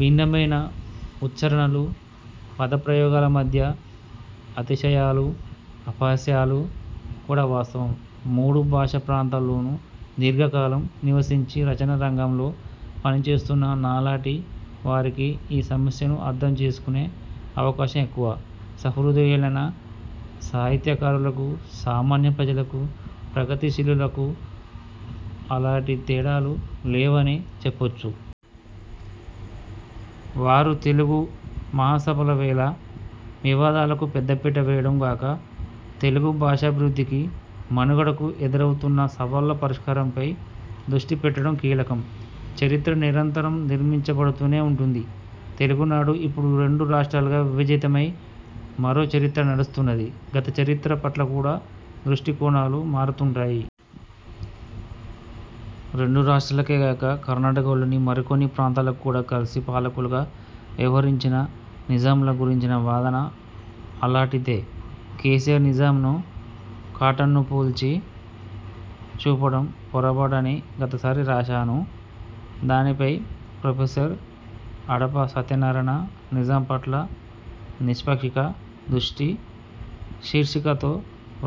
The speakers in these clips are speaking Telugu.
భిన్నమైన ఉచ్చారణలు పదప్రయోగాల మధ్య అతిశయాలు అపహాస్యాలు కూడా వాస్తవం. మూడు భాషా ప్రాంతాలలోనూ దీర్ఘకాలం నివసించి రచనా రంగంలో పనిచేస్తున్న నాలాటి వారికి ఈ సమస్యను అర్థం చేసుకునే అవకాశం ఎక్కువ. సహృదయులైన సాహిత్యకారులకూ సామాన్య ప్రజలకూ ప్రగతి శీలులకూ అలాటి తేడాలు లేవని చెప్పొచ్చు. వారు తెలుగు మహాసభల వేళ వివాదాలకు పెద్దపీట వేయడం గాక తెలుగు భాషాభివృద్ధికి మనుగడకూ ఎదురవుతున్న సవాళ్ల పరిష్కారంపై దృష్టి పెట్టడం కీలకం. చరిత్ర నిరంతరం నిర్మించబడుతూనే వుంటుంది. తెలుగునాడు ఇప్పుడు రెండు రాష్ట్రాలుగా విభజితమై మరో చరిత్ర నడుస్తున్నది. గత చరిత్ర పట్ల కూడా దృష్టికోణాలు మారుతుంటాయి. రెండు రాష్ట్రాలకే గాక కర్ణాటకలోని మరికొన్ని ప్రాంతాలకు కూడా కలసి పాలకులుగా వ్యవహరించిన నిజాంల గురించిన వాదన అలాటిదే. కేసీఆర్ నిజాంనూ కాటన్నూ పోల్చి చూపడం పొరబాటని గతసారి రాశాను. దానిపై ప్రొఫెసర్ అడపా సత్యనారాయణ 'నిజాం పట్ల నిష్పాక్షిక దృష్టి' శీర్షికతో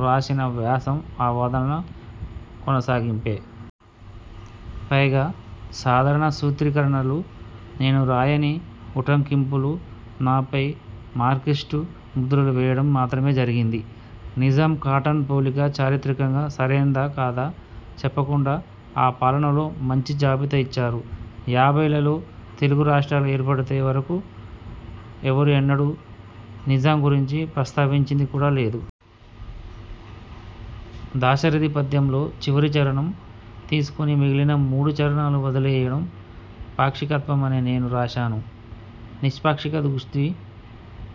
రాసిన వ్యాసం ఆ వాదన కొనసాగింపే. పైగా సాధారణ సూత్రీకరణలూ, నేను రాయని ఉటంకింపులు, నాపై మార్కిస్టు ముద్రలూ వేయడం మాత్రమే జరిగింది. నిజాం కాటన్ పోలిక చారిత్రికంగా సరైందాకాదా చెప్పకుండా ఆ పాలనలో 'మంచి' జాబితా ఇచ్చారు. యాభైలలో తెలుగు రాష్ట్రాలు ఏర్పడితే వరకూ ఎవరూ ఎన్నడూ నిజాం గురించి ప్రస్తావించింది కూడా లేదు. దాశరధి పద్యంలో చివరి చరణం తీసుకుని మిగిలిన మూడు చరణాలు వదిలేయడం పాక్షికత్వమనే నేను రాశాను. నిష్పాక్షిక దృష్టి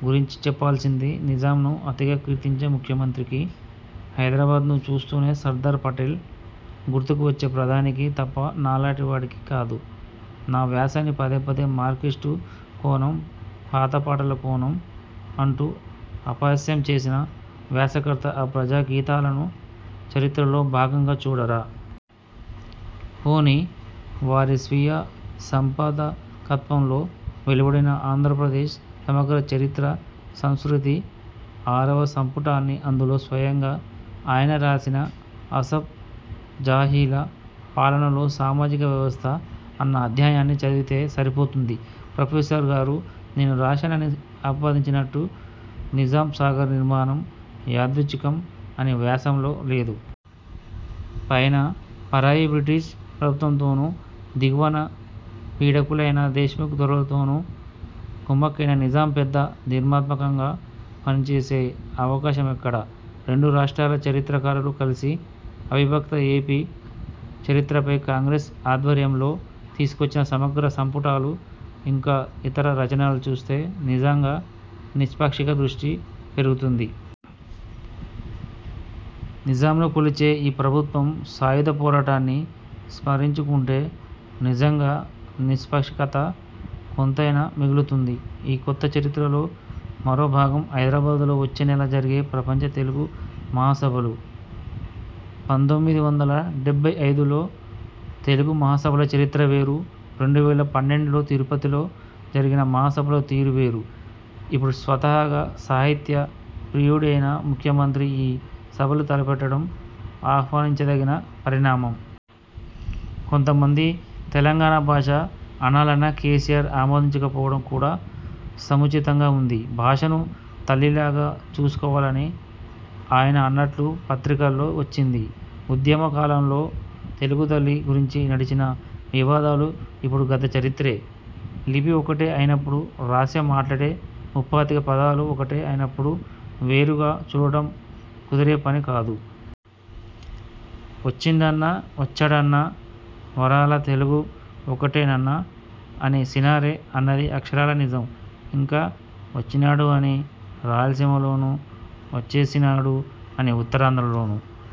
గురించి చెప్పాల్సింది నిజాంను అతిగా కీర్తించే ముఖ్యమంత్రికీ, హైదరాబాద్ను చూస్తూనే సర్దార్ పటేల్ గుర్తుకు వచ్చే ప్రధానికీ తప్ప నాలాటి వాడికి కాదు. నా వ్యాసాన్ని పదే పదే మార్కిస్టు కోణం, పాత పాటల కోణం అంటూ అపహాస్యం చేసిన వ్యాసకర్త ఆ ప్రజా గీతాలను చరిత్రలో భాగంగా చూడరా? పోనీ వారి స్వీయ సంపాదకత్వంలో వెలువడిన 'ఆంధ్రప్రదేశ్ సమగ్ర చరిత్ర–సంసృతి'- ఆరవ సంపుటాన్ని అందులో స్వయంగా ఆయనే రాసిన 'అసఫ్ జాహీల పాలనలో సామాజిక వ్యవస్థ' అన్న అధ్యాయాన్ని చదివితే సరిపోతుంది. ప్రొఫెసర్ గారు నేను రాశానని ఆపాదించినట్టు 'నిజాం సాగర్ నిర్మాణం యాదృచ్ఛికం' అని వ్యాసంలో లేదు. పైన పరాయి బ్రిటిష్ ప్రభుత్వంతోనూ దిగువన పీడకులైన దేశ్ముఖ్ దొరలతోనూ కుమ్మక్కైన నిజాం పెద్ద నిర్మాణాత్మకంగా పనిచేసే అవకాశమెక్కడ? రెండు రాష్ట్రాల చరిత్రకారులు కలసి అవిభక్త ఏపీ చరిత్రపై కాంగ్రెస్ ఆధ్వర్యంలో తీసుకొచ్చిన సమగ్ర సంపుటాలు ఇంకా ఇతర రచనలు చూస్తే నిజంగా నిష్పాక్షిక దృష్టి పెరుగుతుంది. నిజాంను కొలిచే ఈ ప్రభుత్వం సాయుధ పోరాటాన్ని స్మరించుకుంటే నిజంగా నిష్పాక్షికత కొంతైనా మిగులుతుంది. ఈ కొత్తచరిత్రలో మరో భాగం హైదరాబాదులో వచ్చే నెల జరిగే ప్రపంచ తెలుగు మహాసభలు. పంతొమ్మిది వందల డెబ్బై ఐదులో తెలుగు మహాసభల చరిత్ర వేరు, రెండు వేల పన్నెండులో తిరుపతిలో జరిగిన మహాసభల తీరు వేరు, ఇప్పుడు స్వతహాగా సాహిత్య ప్రియుడైన ముఖ్యమంత్రి ఈ సభలు తలపెట్టడం ఆహ్వానించదగిన పరిణామం. కొంతమంది తెలంగాణ భాష అనాలన్నా కేసీఆర్ ఆమోదించకపోవడం కూడా సముచితంగా వుంది. భాషను తల్లిలాగా చూసుకోవాలని ఆయన అన్నట్లు పత్రికల్లో వచ్చింది. ఉద్యమ కాలంలో తెలుగుతల్లి గురించి నడిచిన వివాదాలు ఇప్పుడు గతచరిత్రే. లిపి ఒక్కటే అయినప్పుడు రాసే మాట్లాడే ముప్పాతిక పదాలు ఒకటే అయినప్పుడు వేరుగా చూడటం కుదిరేపని కాదు. వచ్చిండన్నా వచ్చాడన్నా వరాల తెలుగు ఒకటేనన్నా అని సినారె అన్నది అక్షరాల నిజం. ఇంకా వచ్చినాడు అని రాయలసీమలోనూ వచ్చీసీనాడు అని ఉత్తరాంధ్రలోనూ